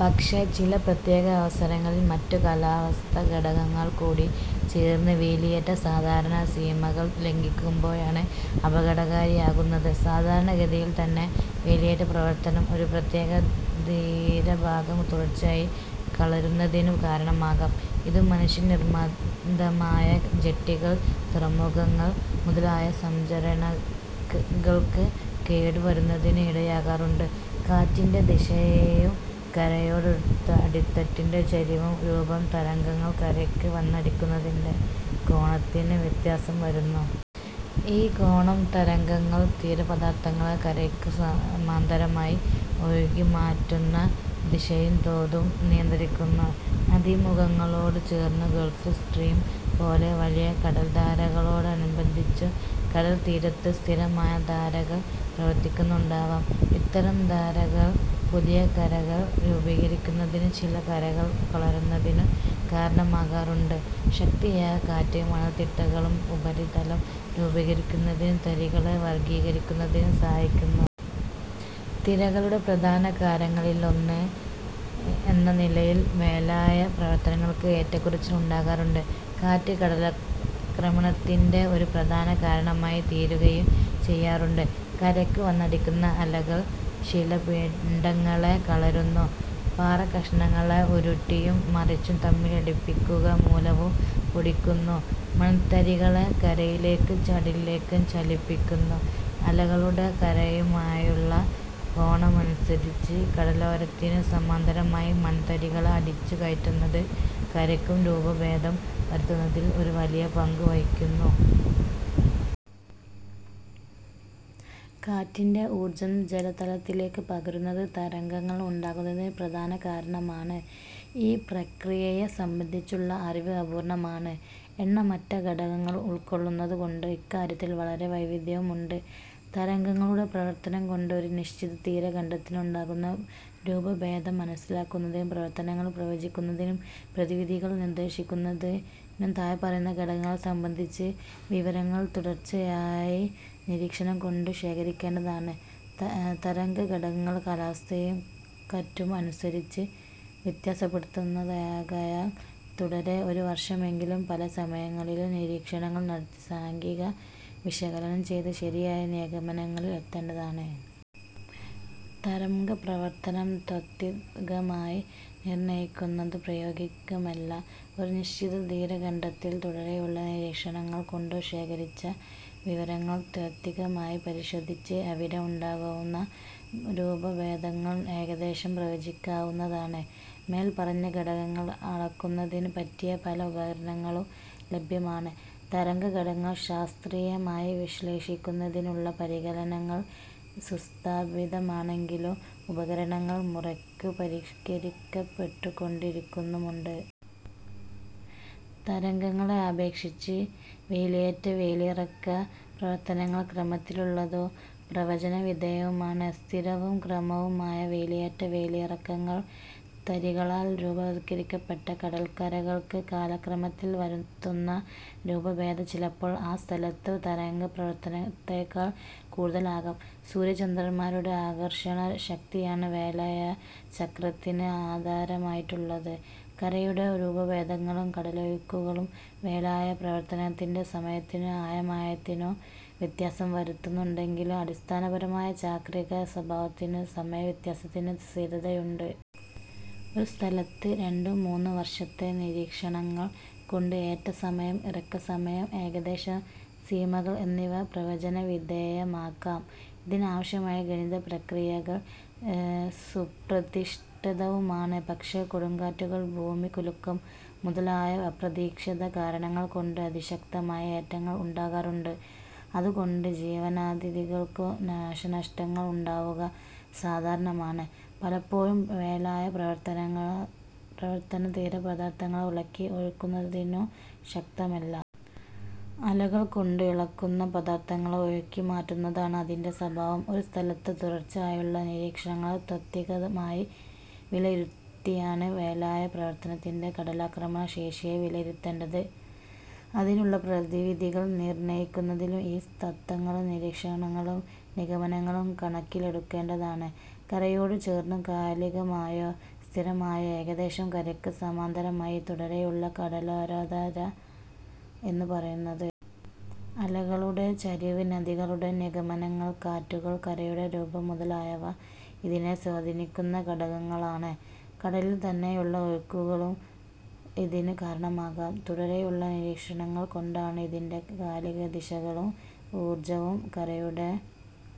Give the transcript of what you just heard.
പക്ഷേ ചില പ്രത്യേകാവസരങ്ങളിൽ മറ്റു കാലാവസ്ഥാഘടകങ്ങൾകൂടി ചേർന്ന് വേലിയേറ്റം സാധാരണ സീമകൾ ലംഘിക്കുമ്പോഴാണ് അപകടകാരിയാകുന്നത് സാധാരണഗതിയിൽത്തന്നെ വേലിയേറ്റപ്രവർത്തനം ഒരു പ്രത്യേക തീരഭാഗം തുടർച്ചയായി കരളുന്നതിനു കാരണമാകാം. ഇതു മനുഷ്യനിർമിതമായ ജട്ടികൾ, തുറമുഖങ്ങൾ മുതലായ സംരചനകൾക്ക് കേടു വരുന്നതിനും ഇടയാകാറുണ്ട്. കാറ്റിന്റെ ദിശയും കരയോടടുത്ത അടിത്തട്ടിന്റെ ചരിവും രൂപവും തരംഗങ്ങൾ കരയ്ക്ക് വന്നടിക്കുന്നതിന്റെ കോണത്തിന് വ്യത്യാസം വരുത്തുന്നു. ഈ കോണം, തരംഗങ്ങൾ തീരപദാർഥങ്ങളെ കരയ്ക്കു സമാന്തരമായി ഒഴുക്കി മാറ്റുന്ന ദിശയും തോതും നിയന്ത്രിക്കുന്നു. നദീമുഖങ്ങളോടു ചേർന്നും, ഗൾഫ് സ്ട്രീം പോലെ വലിയ കടൽധാരകളോടനുബന്ധിച്ചും കടൽത്തീരത്ത് സ്ഥിരമായ ധാരകൾ പ്രവർത്തിക്കുന്നുണ്ടാവാം. ഇത്തരം ധാരകൾ പുതിയ കരകൾ രൂപീകരിക്കുന്നതിനും ചില കരകൾ കരളുന്നതിനും കാരണമാകാറുണ്ട്. ശക്തിയായ കാറ്റ് മണൽതിട്ടകളുടെ ഉപരിതലം രൂപീകരിക്കുന്നതിനും തരികളെ വർഗീകരിക്കുന്നതിനും സഹായിക്കുന്നു. തിരകളുടെ പ്രധാന കാരണങ്ങളിലൊന്ന് എന്നനിലയിൽ വേലായപ്രവർത്തനങ്ങൾക്ക് ഏറ്റക്കുറച്ചിൽ ഉണ്ടാകാറുണ്ട്. കാറ്റ് കടലാക്രമണത്തിന്റെ ഒരു പ്രധാന കാരണമായി തീരുകയും ചെയ്യാറുണ്ട്. കരയ്ക്കു വന്നടിക്കുന്ന അലകൾ ശിലാപിണ്ഡങ്ങളെ കരളുന്നു, പാറക്കഷണങ്ങളെ ഉരുട്ടിയും മറിച്ചും തമ്മിലടിപ്പിക്കുക മൂലവും പൊടിക്കുന്നു. മൺതരികളെ കരയിലേക്കും കടലിലേക്കും ചലിപ്പിക്കുന്നു. അലകളുടെ കരയുമായുള്ള കോണമനുസരിച്ച് കടലോരത്തിനു സമാന്തരമായി മൺതരികളെ അടിച്ചു കയറ്റുന്നത് കരയ്ക്കു രൂപഭേദം വരുത്തുന്നതിൽ ഒരു വലിയ പങ്കു വഹിക്കുന്നു. കാറ്റിന്റെ ഊർജ്ജം ജലതലത്തിലേക്ക് പകരുന്നത് തരംഗങ്ങൾ ഉണ്ടാകുന്നതിന് പ്രധാന കാരണമാണ്. ഈ പ്രക്രിയയെ സംബന്ധിച്ചുള്ള അറിവ് അപൂർണമാണ്. എണ്ണമറ്റ ഘടകങ്ങൾ ഉൾക്കൊള്ളുന്നത്കൊണ്ട് ഇക്കാര്യത്തിൽ വളരെ വൈവിധ്യവുമുണ്ട്. തരംഗങ്ങളുടെ പ്രവർത്തനം കൊണ്ട് ഒരു നിശ്ചിത തീരഖണ്ഡത്തിനുണ്ടാകുന്ന രൂപഭേദം മനസ്സിലാക്കുന്നതിനും, പ്രവർത്തനങ്ങൾ പ്രവചിക്കുന്നതിനും, പ്രധിവിധികൾ നിർദ്ദേശിക്കുന്നതിനും താഴെപ്പറയുന്ന ഘടകങ്ങളെ സംബന്ധിച്ച വിവരങ്ങൾ തുടർച്ചയായ നിരീക്ഷണം കൊണ്ട് ശേഖരിക്കേണ്ടതാണ്: തരംഗഘടകങ്ങൾ കാലാവസ്ഥയും കറ്റും അനുസരിച്ച് വ്യത്യാസപ്പെടുന്നതാകയാൽ തുടരെ ഒരു വർഷമെങ്കിലും പലസമയങ്ങളിലും നിരീക്ഷണങ്ങൾ നടത്തി സാംഖ്യിക വിശകലനം ചെയ്തു ശരിയായ നിഗമനങ്ങളിൽ എത്തേണ്ടതാണ്. തരംഗപ്രവർത്തനം താത്വികമായി നിർണയിക്കുന്നത് പ്രായോഗികമല്ല. ഒരു നിശ്ചിത തീരഖണ്ഡത്തിൽ തുടരെയുള്ള നിരീക്ഷണങ്ങൾ കൊണ്ടു ശേഖരിച്ച വിവരങ്ങൾ താത്വികമായി പരിശോധിച്ച് അവിടെ ഉണ്ടാകാവുന്ന രൂപഭേദങ്ങൾ ഏകദേശം പ്രവചിക്കാവുന്നതാണ്. മേൽപ്പറഞ്ഞ ഘടകങ്ങൾ അളക്കുന്നതിനു പറ്റിയ പല ഉപകരണങ്ങളും ലഭ്യമാണ്. തരംഗഘടകങ്ങൾ ശാസ്ത്രീയമായി വിശ്ലേഷിക്കുന്നതിനുള്ള പരികലനങ്ങൾ സുസ്ഥാപിതമാണെങ്കിലും ഉപകരണങ്ങൾ മുറയ്ക്കു പരിഷ്ക്കരിക്കപ്പെട്ടുകൊണ്ടിരിക്കുന്നുമുണ്ട്.. തരംഗങ്ങളെ അപേക്ഷിച്ച് വേലിയേറ്റ--വേലിയിറക്ക പ്രവർത്തനങ്ങൾ ക്രമത്തിലുള്ളതും പ്രവചന വിധേയവുമാണ്. സ്ഥിരവും ക്രമവുമായ വേലിയേറ്റ--വേലിയിറക്കങ്ങൾ തരികളാൽ രൂപവത്കരിക്കപ്പെട്ട കടൽക്കരകൾക്ക് കാലക്രമത്തിൽ വരുത്തുന്ന രൂപഭേദം ചിലപ്പോൾ ആ സ്ഥലത്തുള്ള തരംഗപ്രവർത്തനത്തെക്കാൾ കൂടുതലാകാം. സൂര്യ ചന്ദ്രന്മാരുടെ ആകർഷണ ശക്തിയാണ് വേലായചക്രത്തിന് ആധാരമായിട്ടുള്ളത്. കരയുടെ രൂപഭേദങ്ങളും കടലൊഴുക്കുകളും വേലായപ്രവർത്തനത്തിന്റെ സമയത്തിനും ആയാമത്തിനും വ്യത്യാസം വരുത്തുന്നുണ്ടെങ്കിലും അടിസ്ഥാനപരമായ ചാക്രിക സ്വഭാവത്തിനും സമയവ്യത്യാസത്തിനും സ്ഥിരതയുണ്ട്. ഒരുസ്ഥലത്ത് രണ്ടു മൂന്നു വർഷത്തെ നിരീക്ഷണങ്ങൾ കൊണ്ട് ഏറ്റസമയം, ഇറക്കസമയം ഏകദേശ സീമകൾ എന്നിവ പ്രവചന വിധേയമാക്കാം. ഇതിനവശ്യമായ ഗണിത പ്രക്രിയകൾ സുപ്രതിഷ്ഠിതവുമാണ്. പക്ഷേ കൊടുംകാറ്റുകൾ, ഭൂമികുലുക്കം മുതലായ അപ്രതീക്ഷിത കാരണങ്ങൾ കൊണ്ട് അതിശക്തമായ ഏറ്റങ്ങൾ ഉണ്ടാകാറുണ്ട്. അതുകൊണ്ട് ജീവധനാദികൾക്കും നാശനഷ്ടങ്ങൾ ഉണ്ടാവുക സാധാരണമാണ്. പലപ്പോഴും വേലായപ്രവർത്തനം തീരപദാർത്ഥങ്ങളെ ഇളക്കി ഒഴുക്കുന്നതിനു ശക്തമല്ല. അലകൾകൊണ്ട് ഇളകുന്ന പദാർഥങ്ങളെ ഒഴുക്കി മാറ്റുന്നതാണ് അതിന്റെ സ്വഭാവം. ഒരു സ്ഥലത്ത് തുടർച്ചയായുള്ള നിരീക്ഷണങ്ങളെ താത്വികമായി വിലയിരുത്തിയാണ് വേലായപ്രവർത്തനത്തിന്റെ കടലാക്രമണ ശേഷിയെ വിലയിരുത്തേണ്ടത്. അതിനുള്ള പ്രതിവിധികൾ നിർണയിക്കുന്നതിലും ഈ തത്ത്വങ്ങളും നിരീക്ഷണങ്ങളും നിഗമനങ്ങളും കണക്കിലെടുക്കേണ്ടതാണ്. കരയോടു ചേർന്നു കാലികമായോ സ്ഥിരമായോ ഏകദേശം കരയ്ക്കു സമാന്തരമായി തുടരെയുള്ള കടലോരധാര എന്നു പറയുന്നത്. അലകളുടെ ചരിവ്, നദികളുടെ നിർഗമനങ്ങൾ, കാറ്റുകൾ, കരയുടെ രൂപം മുതലായവ ഇതിനെ സ്വാധീനിക്കുന്ന ഘടകങ്ങളാണ്. കടലിൽ തന്നെയുള്ള ഒഴുക്കുകളും ഇതിനു കാരണമാകാം. തുടരെയുള്ള നിരീക്ഷണങ്ങൾ കൊണ്ടാണ് ഇതിന്റെ കാലികദിശകളും, ഊർജവും കരയുടെ